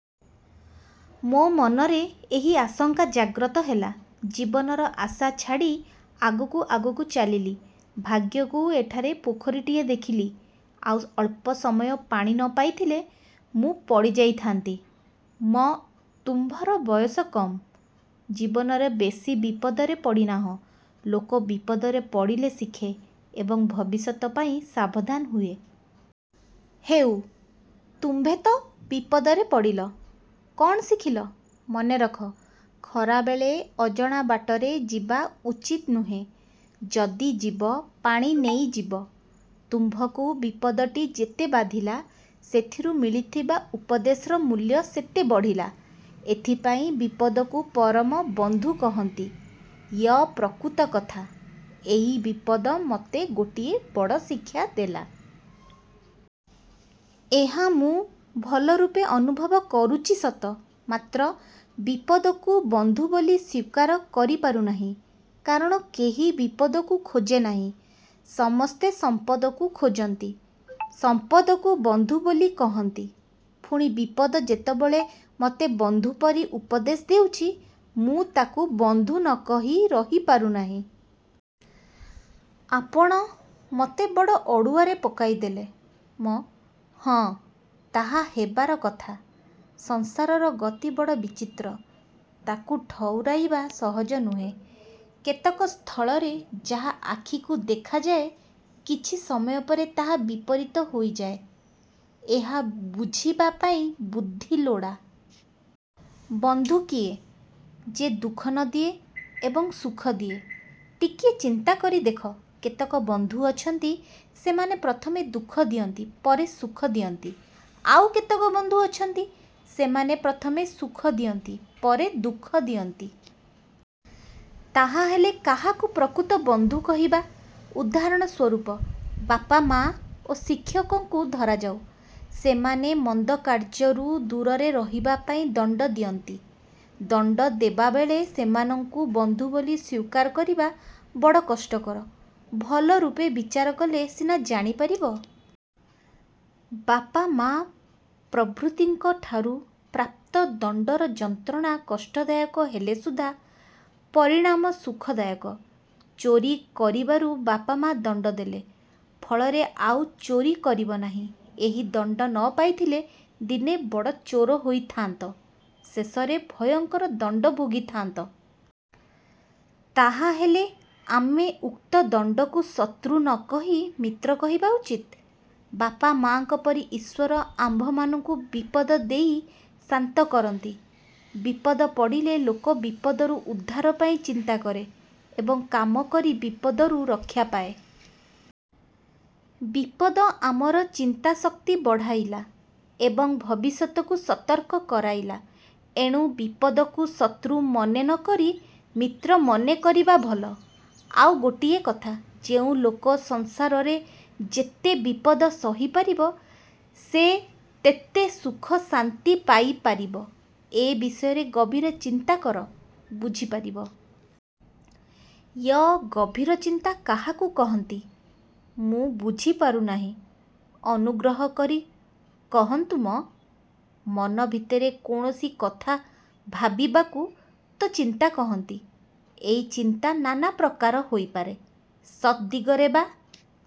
ମୋ ମନରେ ଏହି ଆଶଙ୍କା ଜାଗ୍ରତ ହେଲା। ଜୀବନର ଆଶା ଛାଡ଼ି ଆଗକୁ ଆଗକୁ ଚାଲିଲି। ଭାଗ୍ୟକୁ ଏଠାରେ ପୋଖରୀଟିଏ ଦେଖିଲି। ଆଉ ଅଳ୍ପ ସମୟ ପାଣି ନ ପାଇଥିଲେ ମୁଁ ପଡ଼ିଯାଇଥାନ୍ତି। ମ-ତୁମ୍ଭର ବୟସ କମ୍। ଜୀବନରେ ବେଶୀ ବିପଦରେ ପଡ଼ିନାହଁ। ଲୋକ ବିପଦରେ ପଡ଼ିଲେ ଶିଖେ ଏବଂ ଭବିଷ୍ୟତ ପାଇଁ ସାବଧାନ ହୁଏ। ହେଉ, ତୁମ୍ଭେ ତ ବିପଦରେ ପଡ଼ିଲ, କଅଣ ଶିଖିଲ? ମନେରଖ, ଖରାବେଳେ ଅଜଣା ବାଟରେ ଯିବା ଉଚିତ ନୁହେଁ। ଯଦି ଯିବ, ପାଣି ନେଇଯିବ। ତୁମ୍ଭଙ୍କୁ ବିପଦଟି ଯେତେ ବାଧିଲା, ସେଥିରୁ ମିଳିଥିବା ଉପଦେଶର ମୂଲ୍ୟ ସେତେ ବଢ଼ିଲା। ଏଥିପାଇଁ ବିପଦକୁ ପରମବନ୍ଧୁ କହନ୍ତି। ୟ-ପ୍ରକୃତ କଥା, ଏହି ବିପଦ ମୋତେ ଗୋଟିଏ ବଡ଼ ଶିକ୍ଷା ଦେଲା। ଏହା ମୁଁ ଭଲରୂପେ ଅନୁଭବ କରୁଛି ସତ, ମାତ୍ର ବିପଦକୁ ବନ୍ଧୁ ବୋଲି ସ୍ଵୀକାର କରିପାରୁନାହିଁ। କାରଣ କେହି ବିପଦକୁ ଖୋଜେ ନାହିଁ, ସମସ୍ତେ ସମ୍ପଦକୁ ଖୋଜନ୍ତି; ସମ୍ପଦକୁ ବନ୍ଧୁ ବୋଲି କହନ୍ତି। ପୁଣି ବିପଦ ଯେତେବେଳେ ମୋତେ ବନ୍ଧୁପରି ଉପଦଶେ ଦେଉଛି, ମୁଁ ତାକୁ ବନ୍ଧୁ ନ କହି ରହିପାରୁ ନାହିଁ-। ଆପଣ ମୋତେ ବଡ଼ ଅଡ଼ୁଆରେ ପକାଇଦେଲେ। ମ-ହଁ, ତାହା ହେବାର କଥା। ସଂସାରର ଗତି ବଡ଼ ବିଚିତ୍ର। ତାକୁ ଠଉରାଇବା ସହଜ ନୁହେଁ। କେତେକ ସ୍ଥଳରେ ଯାହା ଆଖିକୁ ଦେଖାଯାଏ, କିଛି ସମୟ ପରେ ତାହା ବିପରୀତ ହୋଇଯାଏ। ଏହା ବୁଝିବା ପାଇଁ ବୁଦ୍ଧି ଲୋଡ଼ା। ବନ୍ଧୁ କିଏ? ଯେ ଦୁଃଖ ନ ଦିଏ ଏବଂ ସୁଖ ଦିଏ-। ଟିକିଏ ଚିନ୍ତା କରି ଦେଖ। କେତେକ ବନ୍ଧୁ ଅଛନ୍ତି ସେମାନେ ପ୍ରଥମେ ଦୁଃଖ ଦିଅନ୍ତି ପରେ ସୁଖ ଦିଅନ୍ତି-। ଆଉ କେତେକ ବନ୍ଧୁ ଅଛନ୍ତି, ସେମାନେ ପ୍ରଥମେ ସୁଖ ଦିଅନ୍ତି ପରେ ଦୁଃଖ ଦିଅନ୍ତି। ତାହାହେଲେ କାହାକୁ ପ୍ରକୃତ ବନ୍ଧୁ କହିବା? ଉଦାହରଣ ସ୍ୱରୂପ ବାପ-ମା ଓ ଶିକ୍ଷକଙ୍କୁ ଧରାଯାଉ। ସେମାନେ ମନ୍ଦ କାର୍ଯ୍ୟରୁ ଦୂରରେ ରହିବା ପାଇଁ ଦଣ୍ଡ ଦିଅନ୍ତି। ଦଣ୍ଡ ଦେବାବେଳେ ସେମାନଙ୍କୁ ବନ୍ଧୁ ବୋଲି ସ୍ଵୀକାର କରିବା ବଡ଼ କଷ୍ଟକର। ଭଲରୂପେ ବିଚାର କଲେ ସିନା ଜାଣି ପାରିବ। ବାପ-ମା ପ୍ରଭୃତିଙ୍କ ଠାରୁ ପ୍ରାପ୍ତ ଦଣ୍ଡର ଯନ୍ତ୍ରଣା କଷ୍ଟ ଦାୟକ ହେଲେ ସୁଦ୍ଧା ପରିଣାମ ସୁଖ ଦାୟକ। ଚୋରି କରିବାରୁ ବାପ ମା ଦଣ୍ଡ ଦେଲେ ଫଳରେ ଆଉ ଚୋରି କରିବ ନାହିଁ। ଏହି ଦଣ୍ଡ ନ ପାଇଥିଲେ ଦିନେ ବଡ଼ଚୋର ହୋଇଥାନ୍ତ। ଶେଷରେ ଭୟଙ୍କର ଦଣ୍ଡ ଭୋଗିଥାନ୍ତ। ତାହାହେଲେ ଆମେ ଉକ୍ତ ଦଣ୍ଡକୁ ଶତ୍ରୁ ନ କହି ମିତ୍ର କହିବା ଉଚିତ। ବାପା ମା'ଙ୍କ ପରି ଈଶ୍ଵର ଆମ୍ଭମାନଙ୍କୁ ବିପଦ ଦେଇ ଶାନ୍ତ କରନ୍ତି। ବିପଦ ପଡ଼ିଲେ ଲୋକ ବିପଦରୁ ଉଦ୍ଧାର ପାଇଁ ଚିନ୍ତା କରେ ଏବଂ କାମ କରି ବିପଦରୁ ରକ୍ଷା ପାଏ। ବିପଦ ଆମର ଚିନ୍ତାଶକ୍ତି ବଢ଼ାଇଲା ଏବଂ ଭବିଷ୍ୟତକୁ ସତର୍କ କରାଇଲା। ଏଣୁ ବିପଦକୁ ଶତ୍ରୁ ମନେ ନ କରି ମିତ୍ର ମନେ କରିବା ଭଲ। ଆଉ ଗୋଟିଏ କଥା, ଯେଉଁ ଲୋକ ସଂସାରରେ ଯେତେ ବିପଦ ସହିପାରିବ ସେ ତେତେ ସୁଖ ଶାନ୍ତି ପାଇପାରିବ। ଏ ବିଷୟରେ ଗଭୀର ଚିନ୍ତା କର, ବୁଝି ପାରିବ-। ୟ-ଗଭୀରଚିନ୍ତା କାହାକୁ କହନ୍ତି, ମୁଁ ବୁଝିପାରୁନାହିଁ; ଅନୁଗ୍ରହ କରି କହନ୍ତୁ। ମ-ମନ ଭିତରେ କୌଣସି କଥା ଭାବିବାକୁ ତ ଚିନ୍ତା କହନ୍ତି? ଏହି ଚିନ୍ତା ନାନାପ୍ରକାର ହୋଇପାରେ, ସତ୍ ଦିଗରେ ବା